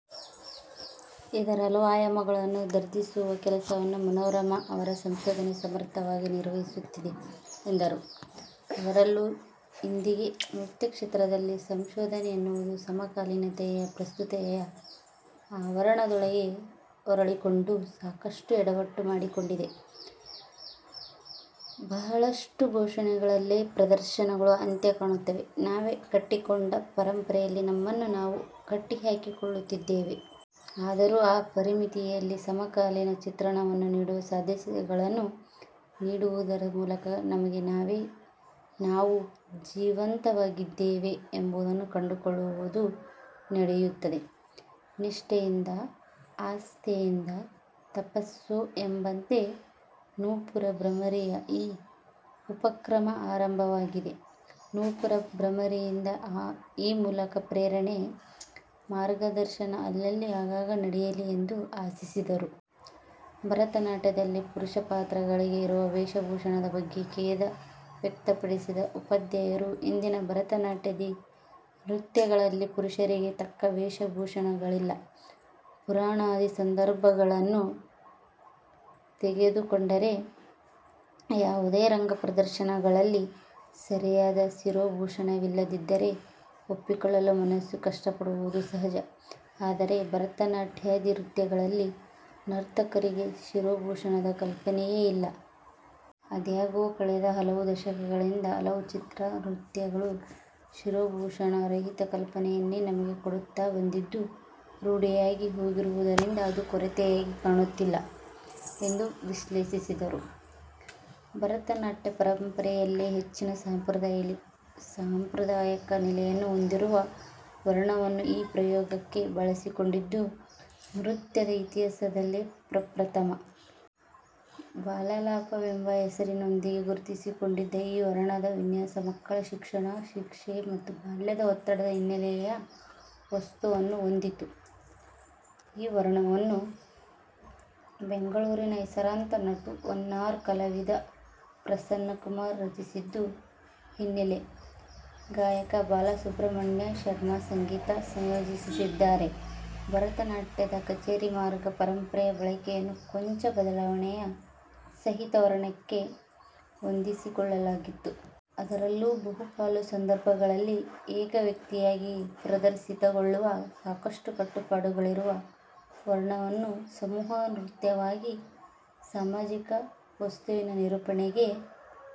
ಇದರ ಹಲವು ಆಯಾಮಗಳನ್ನು ದರ್ಶಿಸುವ ಕೆಲಸವನ್ನು ಮನೋರಮಾ ಅವರ ಸಂಶೋಧನೆ ಸಮರ್ಥವಾಗಿ ನಿರ್ವಹಿಸುತ್ತಿದೆ ಎಂದರು. ಅದರಲ್ಲೂ ಇಂದಿಗೆ ನೃತ್ಯಕ್ಷೇತ್ರದಲ್ಲಿ ಸಂಶೋಧನೆ ಎನ್ನುವುದು ಸಮಕಾಲೀನತೆಯ ಪ್ರಸ್ತುತತೆಯ ಆವರಣದೊಳಗೆ ಹೊರಳಿಕೊಂಡು ಸಾಕಷ್ಟು ಎಡವಟ್ಟು ಮಾಡಿಕೊಂಡಿದೆ. ಬಹಳಷ್ಟು ಘೋಷಣೆಗಳಲ್ಲೇ ಪ್ರದರ್ಶನಗಳು ಅಂತ್ಯ ಕಾಣುತ್ತವೆ. ನಾವೇ ಕಟ್ಟಿಕೊಂಡ ಪರಂಪರೆಯಲ್ಲಿ ನಮ್ಮನ್ನು ನಾವು ಕಟ್ಟಿಹಾಕಿಕೊಳ್ಳುತ್ತಿದ್ದೇವೆ. ಆದರೂ ಆ ಪರಿಮಿತಿಯಲ್ಲಿ ಸಮಕಾಲೀನ ಚಿತ್ರಣವನ್ನು ನೀಡುವ ಸಾಧ್ಯತೆಗಳನ್ನು ನೀಡುವುದರ ಮೂಲಕ ನಮಗೆ ನಾವೇ 'ನಾವು ಜೀವಂತವಾಗಿದ್ದೇವೆ' ಎಂಬುದನ್ನು ಕಂಡುಕೊಳ್ಳುವುದು ನಡೆಯುತ್ತದೆ. ನಿಷ್ಠೆಯಿಂದ, ಆಸ್ಥೆಯಿಂದ, ತಪಸ್ಸೋ ಎಂಬಂತೆ ನೂಪುರ ಭ್ರಮರಿಯ ಈ ಉಪಕ್ರಮ ಆರಂಭವಾಗಿದೆ. ನೂಪುರ ಭ್ರಮರಿಯಿಂದ ಈ ಮೂಲಕ ಪ್ರೇರಣೆ, ಮಾರ್ಗದರ್ಶನ ಅಲ್ಲಲ್ಲಿ ಆಗಾಗ ನಡೆಯಲಿ ಎಂದು ಆಶಿಸಿದರು. ಭರತನಾಟ್ಯದಲ್ಲಿ ಪುರುಷ ಪಾತ್ರಗಳಿಗೆ ಇರುವ ವೇಷಭೂಷಣದ ಬಗ್ಗೆ ಖೇದ ವ್ಯಕ್ತಪಡಿಸಿದ ಉಪಾಧ್ಯಾಯರು ಇಂದಿನ ಭರತನಾಟ್ಯಾದಿ ನೃತ್ಯಗಳಲ್ಲಿ ಪುರುಷರಿಗೆ ತಕ್ಕ ವೇಷಭೂಷಣಗಳಿಲ್ಲ. ಪುರಾಣಾದಿ ಸಂದರ್ಭಗಳನ್ನು ತೆಗೆದುಕೊಂಡರೆ ಯಾವುದೇ ರಂಗ ಪ್ರದರ್ಶನಗಳಲ್ಲಿ ಸರಿಯಾದ ಶಿರೋಭೂಷಣವಿಲ್ಲದಿದ್ದರೆ ಒಪ್ಪಿಕೊಳ್ಳಲು ಮನಸ್ಸು ಕಷ್ಟಪಡುವುದು ಸಹಜ. ಆದರೆ ಭರತನಾಟ್ಯಾದಿ ನೃತ್ಯಗಳಲ್ಲಿ ನರ್ತಕರಿಗೆ ಶಿರೋಭೂಷಣದ ಕಲ್ಪನೆಯೇ ಇಲ್ಲ. ಆದಾಗ್ಯೂ ಕಳೆದ ಹಲವು ದಶಕಗಳಿಂದ ಹಲವು ಚಿತ್ರ, ನೃತ್ಯ, ಗಳು ಶಿರೋಭೂಷಣ ರಹಿತ ಕಲ್ಪನೆಯನ್ನೇ ನಮಗೆ ಕೊಡುತ್ತಾ ಬಂದಿದ್ದು; ರೂಢಿಯಾಗಿ ಹೋಗಿರುವುದರಿಂದ ಅದು ಕೊರತೆಯಾಗಿ ಕಾಣುತ್ತಿಲ್ಲ. ಎಂದು ವಿಶ್ಲೇಷಿಸಿದರು. ಭರತನಾಟ್ಯ ಪರಂಪರೆಯಲ್ಲೇ ಹೆಚ್ಚಿನ ಸಾಂಪ್ರ್ರದಾಯಿಕ ನೆಲೆಯನ್ನು ಹೊಂದಿರುವ ವರ್ಣವನ್ನು ಈ ಪ್ರಯೋಗಕ್ಕೆ ಬಳಸಿಕೊಂಡಿದ್ದು ನೃತ್ಯದ ಇತಿಹಾಸದಲ್ಲೇ ಪ್ರಪ್ರಥಮ. 'ಬಾಲಾಲಾಪ' ವೆಂಬ ಹೆಸರಿನೊಂದಿಗೆ ಗುರುತಿಸಿಕೊಂಡಿದ್ದ ಈ ವರ್ಣದ ವಿನ್ಯಾಸಮಕ್ಕಳ ಶಿಕ್ಷಣ, ಶಿಕ್ಷೆ ಮತ್ತು ಬಾಲ್ಯದ ಒತ್ತಡದ ಹಿನ್ನೆಲೆಯ ವಸ್ತುವನ್ನು ಹೊಂದಿತ್ತು. ಈ ವರ್ಣವನ್ನು ಬೆಂಗಳೂರಿನ ಹೆಸರಾಂತ ನಟುವನ್ನಾರ್ ಕಲಾವಿದ ಪ್ರಸನ್ನಕುಮಾರ್ ರಚಿಸಿದ್ದು; ಹಿನ್ನೆಲೆ ಗಾಯಕ ಬಾಲಸುಬ್ರಹ್ಮಣ್ಯ ಶರ್ಮ ಸಂಗೀತ ಸಂಯೋಜಿಸಿದ್ದಾರೆ. ಭರತನಾಟ್ಯದ ಕಛೇರಿಮಾರ್ಗ ಪರಂಪರೆಯ ಬಳಕೆಯನ್ನು ಕೊಂಚ ಬದಲಾವಣೆಯ ಸಹಿತ ವರ್ಣಕ್ಕೆ ಹೊಂದಿಸಿಕೊಳ್ಳಲಾಗಿತ್ತು. ಅದರಲ್ಲೂ ಬಹುಪಾಲು ಸಂದರ್ಭಗಳಲ್ಲಿ ಏಕವ್ಯಕ್ತಿಯಾಗಿ ಪ್ರದರ್ಶಿತಗೊಳ್ಳುವ ಸಾಕಷ್ಟು ಕಟ್ಟುಪಾಡುಗಳಿರುವ ವರ್ಣವನ್ನು ಸಮೂಹನೃತ್ಯವಾಗಿ, ಸಾಮಾಜಿಕ ವಸ್ತುವಿನ ನಿರೂಪಣೆಗೆ